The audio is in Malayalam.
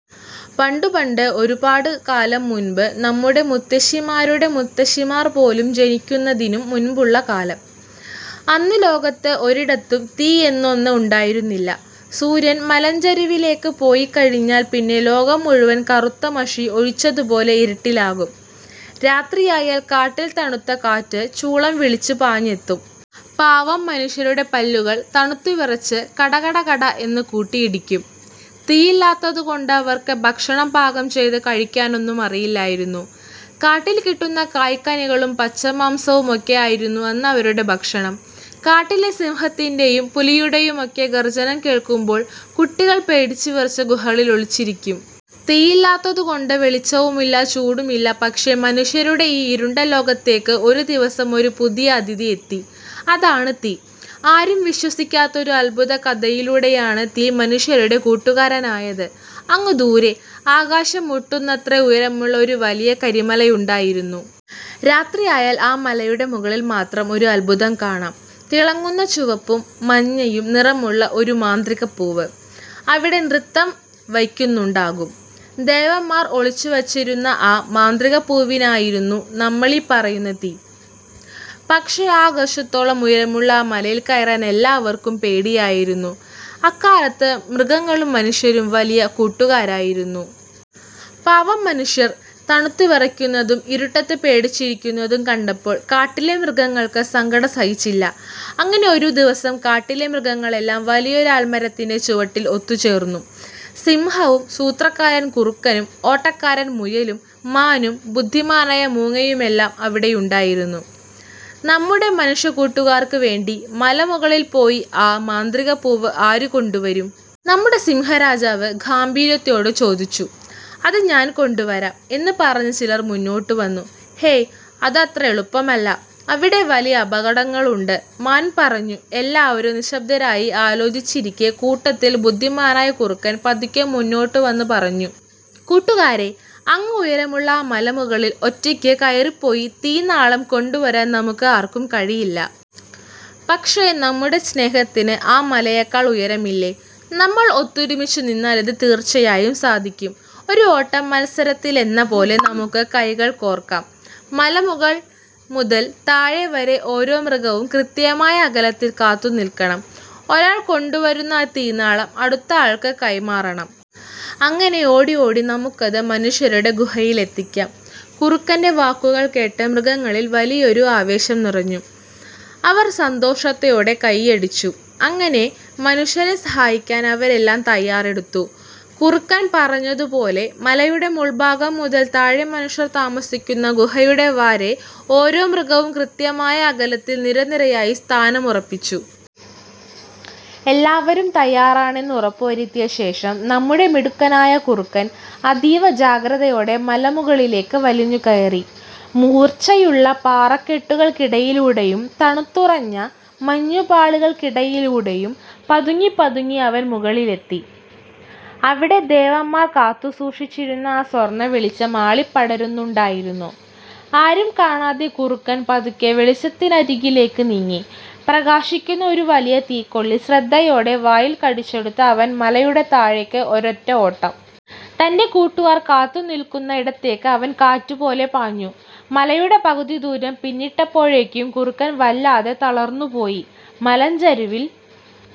പണ്ട് പണ്ട് ഒരുപാട് കാലം മുൻപ് നമ്മുടെ മുത്തശ്ശിമാരുടെ മുത്തശ്ശിമാർ പോലും ജനിക്കുന്നതിനും മുൻപുള്ള കാലം. അന്ന് ലോകത്ത് ഒരിടത്തും 'തീ' എന്നൊന്ന് ഉണ്ടായിരുന്നില്ല. സൂര്യൻ മലഞ്ചരുവിലേക്ക് പോയിക്കഴിഞ്ഞാൽ പിന്നെ ലോകം മുഴുവൻ കറുത്ത മഷി ഒഴിച്ചതുപോലെ ഇരുട്ടിലാകും. രാത്രിയായാൽ കാട്ടിൽ തണുത്ത കാറ്റ് ചൂളം വിളിച്ച് പാഞ്ഞെത്തും. പാവം മനുഷ്യരുടെ പല്ലുകൾ തണുത്ത് വിറച്ച് 'കട-കട-കട' എന്ന് കൂട്ടിയിടിക്കും. തീയില്ലാത്തതുകൊണ്ട് അവർക്ക് ഭക്ഷണം പാകം ചെയ്ത് കഴിക്കാനൊന്നും അറിയില്ലായിരുന്നു. കാട്ടിൽ കിട്ടുന്ന കായ്കനികളും പച്ചമാംസവുമൊക്കെ ആയിരുന്നു അന്ന് അവരുടെ ഭക്ഷണം. കാട്ടിലെ സിംഹത്തിന്റെയും പുലിയുടെയുമൊക്കെ ഗർജനം കേൾക്കുമ്പോൾ കുട്ടികൾ പേടിച്ച് വിറച്ച് ഗുഹകളിൽ ഒളിച്ചിരിക്കും. തീയില്ലാത്തതു കൊണ്ട് വെളിച്ചവുമില്ല, ചൂടുമില്ല! പക്ഷേ, മനുഷ്യരുടെ ഈ ഇരുണ്ട ലോകത്തേക്ക് ഒരു ദിവസം ഒരു പുതിയ അതിഥി എത്തി. അതാണ് 'തീ'. ആരും വിശ്വസിക്കാത്ത ഒരു അത്ഭുത കഥയിലൂടെയാണ് തീ മനുഷ്യരുടെ കൂട്ടുകാരനായത്. അങ്ങ് ദൂരെ, ആകാശം മുട്ടുന്നത്ര ഉയരമുള്ള ഒരു വലിയ കരിമലയുണ്ടായിരുന്നു. രാത്രിയായാൽ ആ മലയുടെ മുകളിൽ മാത്രം ഒരു അത്ഭുതം കാണാം! തിളങ്ങുന്ന ചുവപ്പും മഞ്ഞയും നിറമുള്ള ഒരു 'മാന്ത്രികപ്പൂവ്' അവിടെ നൃത്തം വയ്ക്കുന്നുണ്ടാകും. ദേവന്മാർ ഒളിച്ചുവച്ചിരുന്ന ആ മാന്ത്രികപ്പൂവായിരുന്നു നമ്മളീ പറയുന്ന 'തീ'. പക്ഷേ ആകാശത്തോളം ഉയരമുള്ള ആ മലയിൽ കയറാൻ എല്ലാവർക്കും പേടിയായിരുന്നു. അക്കാലത്ത് മൃഗങ്ങളും മനുഷ്യരും വലിയ കൂട്ടുകാരായിരുന്നു. പാവം മനുഷ്യർ തണുത്ത് വിറയ്ക്കുന്നതും ഇരുട്ടത്ത് പേടിച്ചിരിക്കുന്നതും കണ്ടപ്പോൾ കാട്ടിലെ മൃഗങ്ങൾക്ക് സങ്കടം സഹിച്ചില്ല. അങ്ങനെ ഒരു ദിവസം കാട്ടിലെ മൃഗങ്ങളെല്ലാം വലിയൊരാൽമരത്തിന്റെ ചുവട്ടിൽ ഒത്തുചേർന്നു. സിംഹവും, സൂത്രക്കാരൻ കുറുക്കനും, ഓട്ടക്കാരൻ മുയലും, മാനും ബുദ്ധിമാനായ മൂങ്ങയുമെല്ലാം അവിടെയുണ്ടായിരുന്നു. "നമ്മുടെ മനുഷ്യക്കൂട്ടുകാർക്ക് വേണ്ടി മലമുകളിൽ പോയി ആ മാന്ത്രികപ്പൂവ് ആര് കൊണ്ടുവരും? " നമ്മുടെ സിംഹരാജാവ് ഗാംഭീര്യത്തോടെ ചോദിച്ചു. "അത് ഞാൻ കൊണ്ടുവരാം! " എന്ന് പറഞ്ഞ് ചിലർ മുന്നോട്ടുവന്നു. "ഹേയ്, അതത്ര എളുപ്പമല്ല, അവിടെ വലിയ അപകടങ്ങളുണ്ട്! " മാൻ പറഞ്ഞു എല്ലാവരും നിശബ്ദരായി ആലോചിച്ചിരിക്കെ, കൂട്ടത്തിൽ ബുദ്ധിമാനായ കുറുക്കൻ പതുക്കെ മുന്നോട്ട് വന്നു പറഞ്ഞു: "കൂട്ടുകാരേ, അങ്ങ് ഉയരെയുള്ള ആ മലമുകളിൽ ഒറ്റയ്ക്ക് കയറിപ്പോയി തീനാളം കൊണ്ടുവരാൻ നമുക്ക് ആർക്കും കഴിയില്ല. പക്ഷേ, നമ്മുടെ സ്നേഹത്തിന് ആ മലയേക്കാൾ ഉയരമില്ലേ? നമ്മൾ ഒത്തൊരുമിച്ച് നിന്നാൽ ഇത് തീർച്ചയായും സാധിക്കും! ഒരു ഓട്ടമത്സരത്തിലെന്ന പോലെ നമുക്ക് കൈകൾ കോർക്കാം. മലമുകൾ മുതൽ താഴെ വരെ ഓരോ മൃഗവും കൃത്യമായ അകലത്തിൽ കാത്തുനിൽക്കണം. ഒരാൾ കൊണ്ടുവരുന്ന ആ തീനാളം അടുത്ത ആൾക്ക് കൈമാറണം. അങ്ങനെ ഓടി ഓടി നമുക്കത് മനുഷ്യരുടെ ഗുഹയിലെത്തിക്കാം! " കുറുക്കന്റെ വാക്കുകൾ കേട്ട് മൃഗങ്ങളിൽ വലിയൊരു ആവേശം നിറഞ്ഞു. അവർ സന്തോഷത്തോടെ കൈയടിച്ചു. അങ്ങനെ മനുഷ്യരെ സഹായിക്കാൻ അവരെല്ലാം തയ്യാറെടുത്തു. കുറുക്കൻ പറഞ്ഞതുപോലെ, മലയുടെ മുകൾഭാഗം മുതൽ താഴെ മനുഷ്യർ താമസിക്കുന്ന ഗുഹയുടെ വാതിൽ വരെ ഓരോ മൃഗവും കൃത്യമായ അകലത്തിൽ നിരനിരയായി സ്ഥാനമുറപ്പിച്ചു. എല്ലാവരും തയ്യാറാണെന്ന് ഉറപ്പുവരുത്തിയ ശേഷം, നമ്മുടെ മിടുക്കനായ കുറുക്കൻ അതീവ ജാഗ്രതയോടെ മലമുകളിലേക്ക് വലിഞ്ഞുകയറി. മൂർച്ചയുള്ള പാറക്കെട്ടുകൾക്കിടയിലൂടെയും തണുത്തുറഞ്ഞ മഞ്ഞുപാളികൾക്കിടയിലൂടെയും പതുങ്ങിപ്പതുങ്ങി അവൻ മുകളിലെത്തി. അവിടെ, ദേവന്മാർ കാത്തുസൂക്ഷിച്ചിരുന്ന ആ സ്വർണ വെളിച്ചം ആളിപ്പടരുന്നുണ്ടായിരുന്നു! ആരും കാണാതെ കുറുക്കൻ പതുക്കെ വെളിച്ചത്തിനരികിലേക്ക് നീങ്ങി. പ്രകാശിക്കുന്ന ഒരു വലിയ തീക്കൊള്ളി ശ്രദ്ധയോടെ വായിൽ കടിച്ചെടുത്ത് അവൻ മലയുടെ താഴേക്ക് ഒരൊറ്റ ഓട്ടം! തന്റെ കൂട്ടുകാർ കാത്തുനിൽക്കുന്ന ഇടത്തേക്ക് അവൻ കാറ്റുപോലെ പാഞ്ഞു. മലയുടെ പകുതി ദൂരം പിന്നിട്ടപ്പോഴേക്കും കുറുക്കൻ വല്ലാതെ തളർന്നുപോയി. മലഞ്ചരുവിൽ